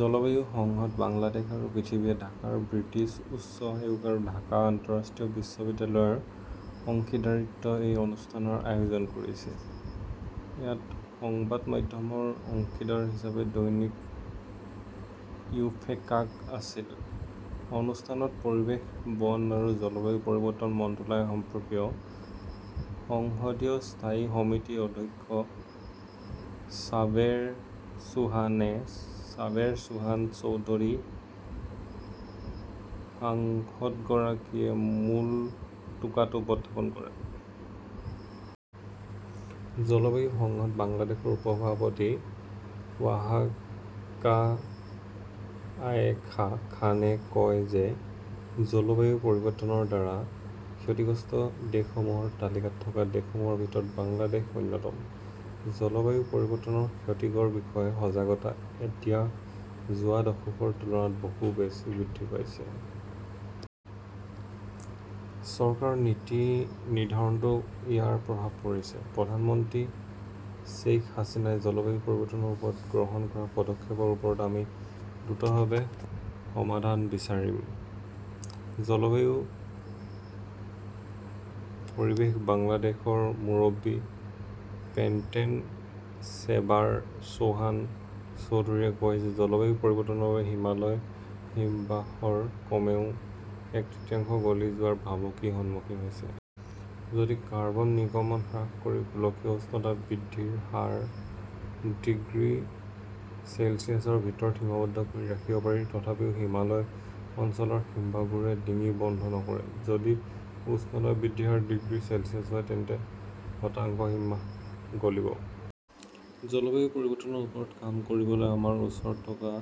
জলবায়ু সংসদ বাংলাদেশ আৰু পৃথিৱীয়ে ঢাকাৰ ব্ৰিটিছ উচ্চ আয়োগ আৰু ঢাকা আন্তঃৰাষ্ট্ৰীয় বিশ্ববিদ্যালয়ৰ অংশীদাৰিত্বত এই অনুষ্ঠানৰ আয়োজন কৰিছে। ইয়াত সংবাদ মাধ্যমৰ অংশীদাৰ হিচাপে দৈনিক ইওফেকাক আছিল। অনুষ্ঠানত পৰিৱেশ, বন আৰু জলবায়ু পৰিৱৰ্তন মন্ত্ৰালয় সম্পৰ্কীয় সংসদীয় স্থায়ী সমিতিৰ অধ্যক্ষ ছাবেৰ চোহানে ছাবেৰ চোহান চৌধুৰী, সাংসদগৰাকীয়ে মূল টোকাটো উপস্থাপন কৰে। জলবায়ু সংসদ বাংলাদেশৰ উপ-সভাপতি ৱাহাকা আয়েখা খানে কয় যে জলবায়ু পৰিৱৰ্তনৰ দ্বাৰা ক্ষতিগ্ৰস্ত দেশসমূহৰ তালিকাত থকা দেশসমূহৰ ভিতৰত বাংলাদেশ অন্যতম। জলবায়ু পৰিৱৰ্তনৰ ক্ষতিৰ বিষয়ে সজাগতা এতিয়া যোৱা দশকৰ তুলনাত বহু বেছি বৃদ্ধি পাইছে। চৰকাৰৰ নীতি নিৰ্ধাৰণতো ইয়াৰ প্ৰভাৱ পৰিছে। প্ৰধানমন্ত্ৰী শ্বেইখ হাছিনাই জলবায়ু পৰিৱৰ্তনৰ ওপৰত গ্ৰহণ কৰা পদক্ষেপৰ ওপৰত আমি দ্ৰুতভাৱে সমাধান বিচাৰিম। জলবায়ু পৰিৱেশ বাংলাদেশৰ মুৰব্বী পেনট্ৰেন চেবাৰ চৌহান চৌধুৰীয়ে কয় যে জলবায়ু পৰিৱৰ্তনৰ বাবে হিমালয়ৰ হিমবাহৰ কমেও এক তৃতীয়াংশ গলি যোৱাৰ ভাবুকিৰ সন্মুখীন হৈছে। যদি কাৰ্বন নিৰ্গমন হ্ৰাস কৰি গোলকীয় উষ্ণতা বৃদ্ধিৰ হাৰ ডিগ্ৰী চেলছিয়াছৰ ভিতৰত সীমাবদ্ধ কৰিব পাৰি, তথাপিও হিমালয় অঞ্চলৰ হিমবাহবোৰে ডিঙি বন্ধ নকৰে। যদি উষ্ণতা বৃদ্ধিৰ হাৰ ডিগ্ৰী চেলছিয়াছ হয়, তেন্তে শতাংশ হিমবাহ গলিব। জলবায়ু পৰিৱৰ্তনৰ ওপৰত কাম কৰিবলৈ আমাৰ ওচৰত থকা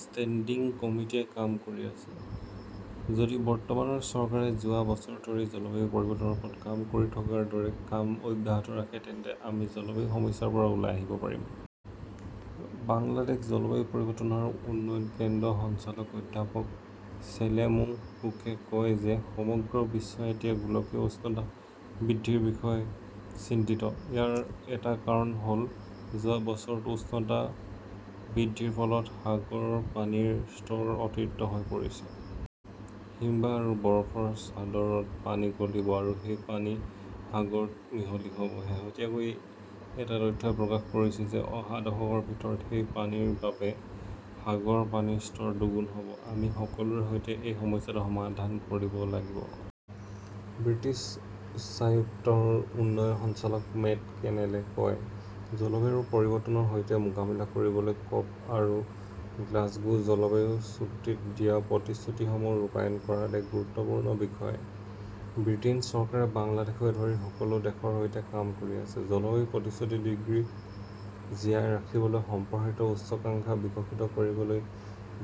ষ্টেণ্ডিং কমিটিয়ে কাম কৰি আছে। যদি বৰ্তমানৰ চৰকাৰে যোৱা বছৰ ধৰি জলবায়ু পৰিৱৰ্তনৰ ওপৰত কাম কৰি থকাৰ দৰে কাম অব্যাহত ৰাখে তেন্তে আমি জলবায়ু সমস্যাৰ পৰা ওলাই আহিব পাৰিম। বাংলাদেশ জলবায়ু পৰিৱৰ্তন আৰু উন্নয়ন কেন্দ্ৰৰ সঞ্চালক অধ্যাপক চেলেমুল হুকে কয় যে সমগ্ৰ বিশ্বই এতিয়া গোলকীয় উষ্ণতা বৃদ্ধিৰ বিষয়ে চিন্তিত। ইয়াৰ এটা কাৰণ হ'ল, যোৱা বছৰত উষ্ণতা বৃদ্ধিৰ ফলত সাগৰৰ পানীৰ স্তৰ অতিৰিক্ত হৈ পৰিছে। হিমবাহ আৰু বৰফৰ চাদৰত পানী গলিব, আৰু সেই পানী সাগৰত মিহলি হ'ব। শেহতীয়াকৈ এটা তথ্যই প্ৰকাশ কৰিছে যে অহা দশকৰ ভিতৰত সেই পানীৰ বাবে সাগৰৰ পানীৰ স্তৰ দুগুণ হ'ব। আমি সকলোৰে সৈতে এই সমস্যাটো সমাধান কৰিব লাগিব। ব্ৰিটিছ উচ্চায়ুক্তৰ উন্নয়ন সঞ্চালক মেট কেনেলে কয়, "জলবায়ু পৰিৱৰ্তনৰ সৈতে মোকাবিলা কৰিবলৈ ক'প আৰু গ্লাছগো জলবায়ু চুক্তিত দিয়া প্ৰতিশ্ৰুতিসমূহ ৰূপায়ণ কৰাটো এক গুৰুত্বপূৰ্ণ বিষয়। ব্ৰিটেইন চৰকাৰে বাংলাদেশকে ধৰি সকলো দেশৰ সৈতে কাম কৰি আছে, জলবায়ু প্ৰতিশ্ৰুতিত ডিগ্ৰী জীয়াই ৰাখিবলৈ সম্প্ৰসাৰিত উচ্চাকাংক্ষা বিকশিত কৰিবলৈ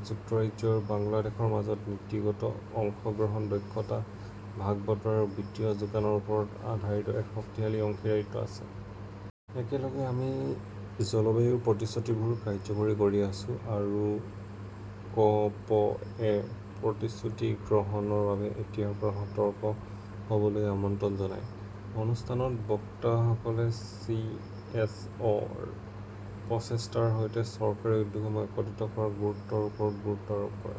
যুক্তৰাজ্য আৰু বাংলাদেশৰ মাজত নীতিগত অংশগ্ৰহণ, দক্ষতা ভাগ-বতৰা আৰু বিত্তীয় যোগানৰ ওপৰত আধাৰিত এক শক্তিশালী অংশীদাৰিত্ব আছে। একেলগে, আমি জলবায়ুৰ প্ৰতিশ্ৰুতিবোৰ কাৰ্যকৰী কৰি আছো। আৰু ক 'প -এ প্ৰতিশ্ৰুতি গ্ৰহণৰ বাবে এতিয়াৰ পৰা সতৰ্ক হ' বলৈ আমন্ত্ৰণ জনায়। অনুষ্ঠানত বক্তাসকলে চি. এছ. অ '. -ৰ প্ৰচেষ্টাৰ সৈতে চৰকাৰী উদ্যোগসমূহক একত্ৰিত কৰাৰ গুৰুত্বৰ ওপৰত গুৰুত্ব আৰোপ কৰে।